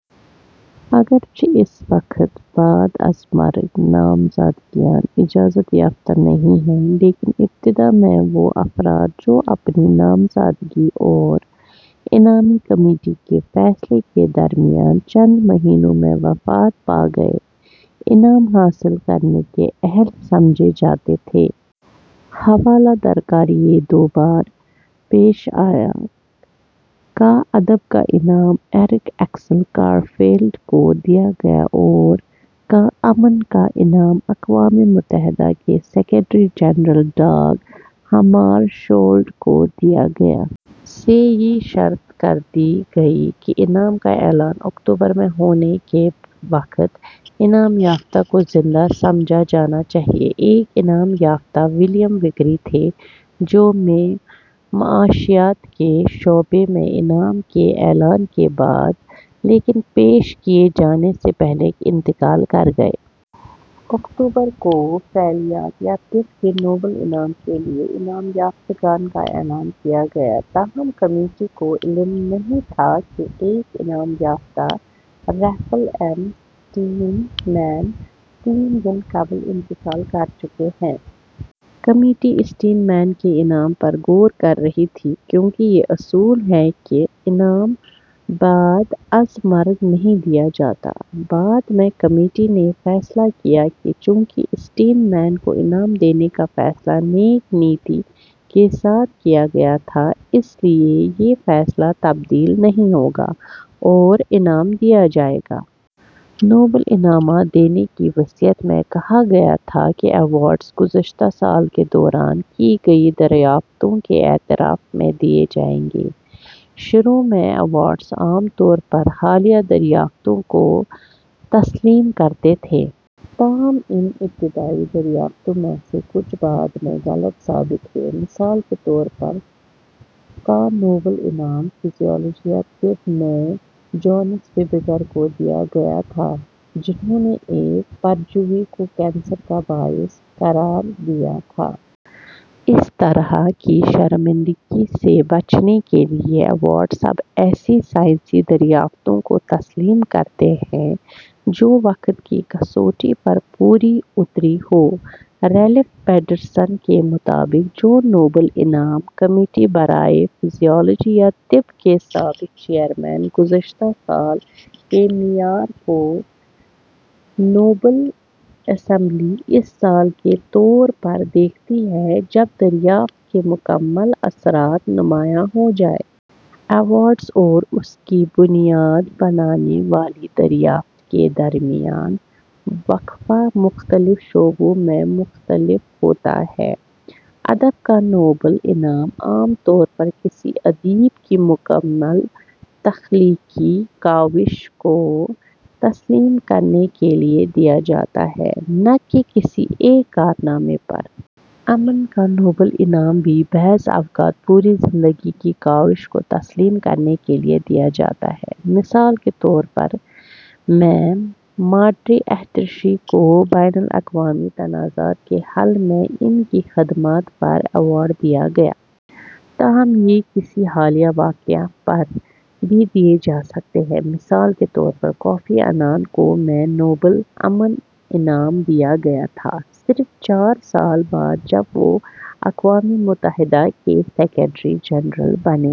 اگرچہ اس وقت بعد از مرگ نامزدگیاں اجازت یافتہ نہیں ہیں، لیکن ابتدا میں وہ افراد جو اپنی نامزدگی اور انعامی کمیٹی کے فیصلے کے درمیان چند مہینوں میں وفات پا گئے، انعام حاصل کرنے کے اہل سمجھے جاتے تھے۔ حوالہ درکار یہ دو بار پیش آیا: کا ادب کا انعام اریک ایکسل کارل فیلڈ کو دیا گیا اور کا امن کا انعام اقوام متحدہ کے سیکریٹری جنرل داگ ہمارشولد کو دیا گیا۔ سے یہ شرط عائد کر دی گئی کہ انعام کا اعلان اکتوبر میں ہونے کے وقت انعام یافتہ کو زندہ سمجھا جانا چاہیے۔ ایک انعام یافتہ ولیم وکری تھے، جو میں معاشیات کے شعبے میں انعام کے اعلان کے بعد لیکن پیش کیے جانے سے پہلے انتقال کر گئے۔ اکتوبر کو فعلیات یا طب کے نوبل انعام کے لیے انعام یافتگان کا اعلان کیا گیا؛ تاہم، کمیٹی کو علم نہیں تھا کہ ایک انعام یافتہ، رالف ایم سٹین مین ، تین دن قبل انتقال کر چکے ہیں۔ کمیٹی اسٹین مین کے انعام پر غور کر رہی تھی، کیوں کہ اصول یہ ہے کہ انعام بعد از مرگ نہیں دیا جاتا۔ بعد میں کمیٹی نے فیصلہ کیا کہ چونکہ اسٹین مین کو انعام دینے کا فیصلہ "نیک نیتی" کے ساتھ کیا گیا تھا، اس لیے یہ فیصلہ تبدیل نہیں ہوگا اور انعام دیا جائے گا۔ نوبل انعامات دینے کی وصیت میں کہا گیا تھا کہ ایوارڈز "گذشتہ سال کے دوران" کی گئی دریافتوں کے اعتراف میں دیے جائیں گے۔ شروع میں، ایوارڈز عام طور پر حالیہ دریافتوں کو تسلیم کرتے تھے۔ تاہم، ان ابتدائی دریافتوں میں سے کچھ بعد میں غلط ثابت ہوئیں۔ مثال کے طور پر، کا نوبل انعام فزیالوجی یا طب میں جوہانس فائبگر کو دیا گیا تھا، جنھوں نے ایک پرجیوی کو کینسر کا باعث قرار دیا تھا۔ اس طرح کی شرمندگی سے بچنے کے لیے، ایوارڈز اب ایسی سائنسی دریافتوں کو تسلیم کرتے ہیں جو وقت کی کسوٹی پر پوری اتری ہوں۔ رالف پیٹرسن کے مطابق، جو نوبل انعام کمیٹی برائے فزیالوجی یا طب کے سابق چیئرمین ہیں، "گذشتہ سال" کے معیار کو نوبل اسمبلی اس سال کے طور پر دیکھتی ہے جب دریافت کے مکمل اثرات نمایاں ہو جائیں۔ ۔ ایوارڈ اور اس کی بنیاد بننے والی دریافت کے درمیان وقفہ مختلف شعبوں میں مختلف ہوتا ہے۔ ادب کا نوبل انعام عام طور پر کسی ادیب کی مکمل تخلیقی کاوش کو تسلیم کرنے کے لیے دیا جاتا ہے، نہ کہ کسی ایک کارنامے پر۔ امن کا نوبل انعام بھی بعض اوقات پوری زندگی کی کاوش کو تسلیم کرنے کے لیے دیا جاتا ہے۔ مثال کے طور پر، میں مارٹی اہتیشری کو بین الاقوامی تنازعات کے حل میں ان کی خدمات پر ایوارڈ دیا گیا۔ تاہم، یہ کسی حالیہ واقعے پر بھی دیے جا سکتے ہیں۔ مثال کے طور پر، کوفی عنان کو میں نوبل امن انعام دیا گیا تھا، صرف چار سال بعد جب وہ اقوام متحدہ کے سیکریٹری جنرل بنے۔